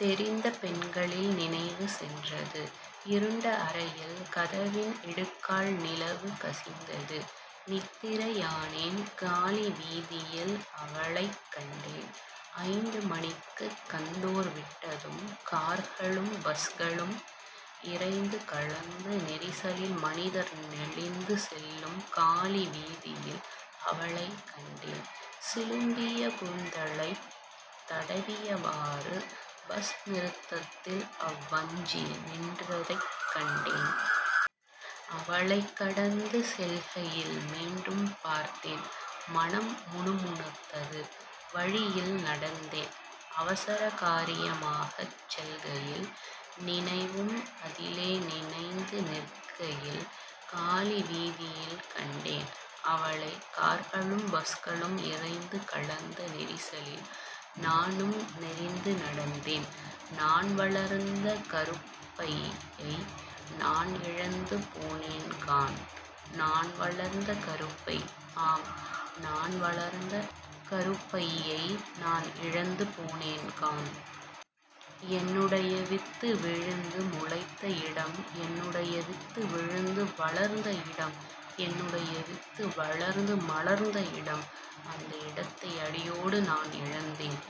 தெரிந்த பெண்களில் நினைவு சென்றது. இருண்ட அறையில்। கதவின் இடுக்கால் நிலவு கசிந்தது நித்திரை யானேன். காலி வீதியில் அவளைக்கண்டேன் ஐந்து மனிக்குக் கந்தோர் விட்டதும் கார்களும் பஸ்களும் இரைந்து கலந்த நெரிசலில் மனிதர் நெளிந்து செல்லும் காலி வீதியில் அவளைக் கண்டேன். சிலும்பிய கூந்தலைத் தடவியவாறு பஸ்நிறுத்தத்தில் அவ்வஞ்சி நின்றதைக் கண்டேன். அவளைக் கடந்து செல்கையில் மீண்டும் பார்த்தேன் மனம் முணுமுணுத்தது. வழியில் நடந்தேன். அவசரகாரிய மாகச் செல்கையில் நினைவும் அதிலே நினைத்து நிற்கையில் காலி வீதியில் கண்டேன் அவளை கார்களும் பஸ்களும் இரைந்து கலந்த நெரிசலில் நானும் நெரிந்துநடந்தேன் நான்வளர்ந்த கருப்பையை நான் இழந்து போனேன்காண்... நான் வளர்ந்த கருப்பை, ஆம் நான் வளர்ந்த கருப்பையை நான் இழந்து போனேன்காண்... என்னுடைய வித்து விழுந்து முளைத்த இடம் என்னுடைய வித்து விழுந்து வளர்ந்த இடம் என்னுடைய வித்து வளர்ந்து மலர்ந்த இடம் அந்த இடத்தை அடியோடு நான் இழந்தேன்...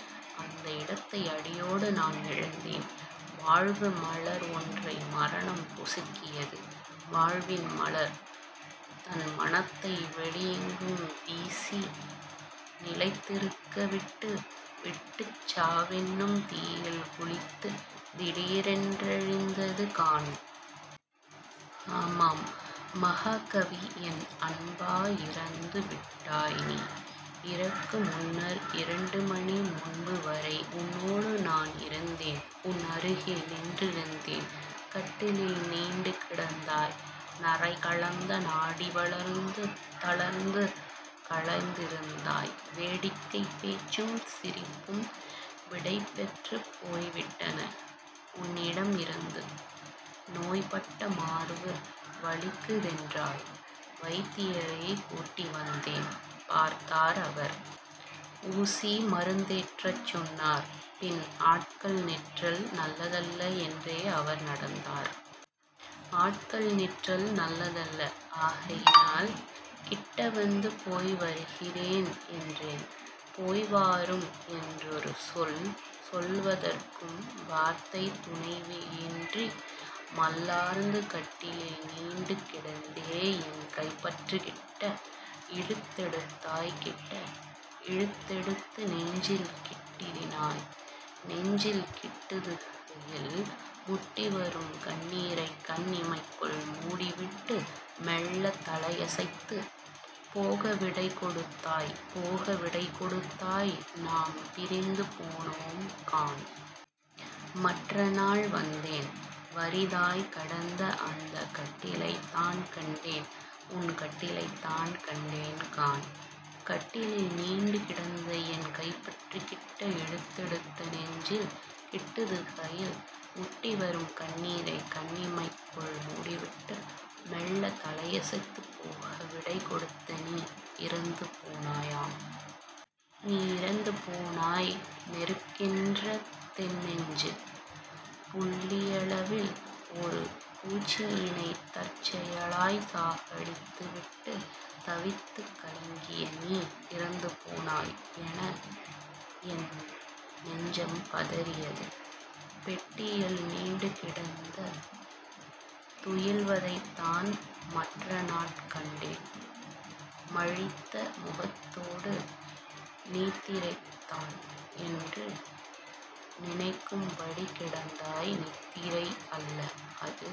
அந்த இடத்தை அடியோடு நான் இழந்தேன்... வாழ்வு மலர் ஒன்றை மரணம் பொசுக்கியது வாழ்வின் மலர், தன் மணத்தை வெளியெங்கும் வீசி நிலைத்திருக்க விட்டு விட்டுச் சாவென்னும் தீயில் குளித்துத் திடீரென் றழிந்ததுகாண். ஆமாம் மஹாகவி, என் அன்பா இறந்து விட்டாய் நீ இறக்கு முன்னர் இரண்டுமணி முன்புவரை உன்னோடு நான் இருந்தேன் உன் அருகே நின்றிருந்தேன்... கட்டிலில் நீண்டு கிடந்தாய் நரைகலந்த நாடி வளர்ந்து தளர்ந்து களைத்திருந்தாய் வேடிக்கைப் பேச்சும் சிரிப்பும் விடைபெற்றுப் போய்விட்டன உன்னிடம் இருந்து. நோய்ப்பட்ட மார்வு வலிக்குதென்றாய் வைத்தியரைக் கூட்டிவந்தேன் பார்த்தார் அவர், ஊசி மருந்தேற்றச்சொன்னார் பின் ஆட்கள் நிற்றல் நல்லதல்ல என்றே அவர் நடந்தார்... ஆட்கள் நிற்றல் நல்லதல்ல... ஆகையினால் கிட்டவந்து 'போய்வருகிறேன்' என்றேன் போய்வாரும் என்றொரு சொல் சொல்வதற்கும் வார்த்தைத் துணைவியின்றி மல்லார்ந்து கட்டிலில் நீண்டு கிடந்தே என் கைபற்றிக் கிட்ட இழுத்தெடுத்தாய் கிட்ட இழுத் தெடுத்து நெஞ்சில் கிடத்தினாய்... நெஞ்சில் கிடத்துகையில் முட்டிவரும் கண்ணீரைக் கண் இமைக்குள் மூடிவிட்டு மெல்லத் தலையசைத்துப் போக விடை கொடுத்தாய் போக விடை கொடுத்தாய் நாம் பிரிந்து போனோம் காண்... மற்ற நாள் வந்தேன் வறிதாய்க் கடந்த அந்தக் கட்டிலைத்தான் கண்டேன், உன் கட்டிலைத்தான் கண்டேன் காண்... கட்டிலில் நீண்டு கடந்தே என் கைபற்றிக் கிட்ட இழுத்தெடுத்து நெஞ்சில் கிடத்துகையில் முட்டிவரும் கண்ணீரைக் கண் இமைக்குள் மூடிவிட்டு மெல்லத் தலையசைத்துப் போக விடை கொடுத்த நீ இறந்து போனாயாம்... 'நீ இறந்து போனாய் நெருக் கென்ற தென்நெஞ்சு' புள்ளியளவில் ஒரு பூச்சியினைத் தற்செயலாய்ச் சாகடித்து விட்டுத் தவித்துக் கலங்கிய நீ இறந்து போனாய் என் நெஞ்சம் பதறியது... பெட்டியிள் நீண்டு கிடந்து துயில்வதைத்தான் மற்றநாட் கண்டேன். மழித்த முகத்தோடு நித்திரைதான் என்று நினைக்கும்படி கிடந்தாய் நித்திரை அல்ல, அது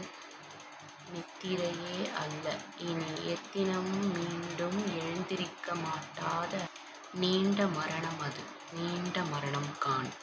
நித்திரையே அல்ல இனி எத்தினமும் மீண்டும் எழுந்திருக்க மாட்டாத நீண்ட மரணம் அது நீண்ட மரணம் காண்...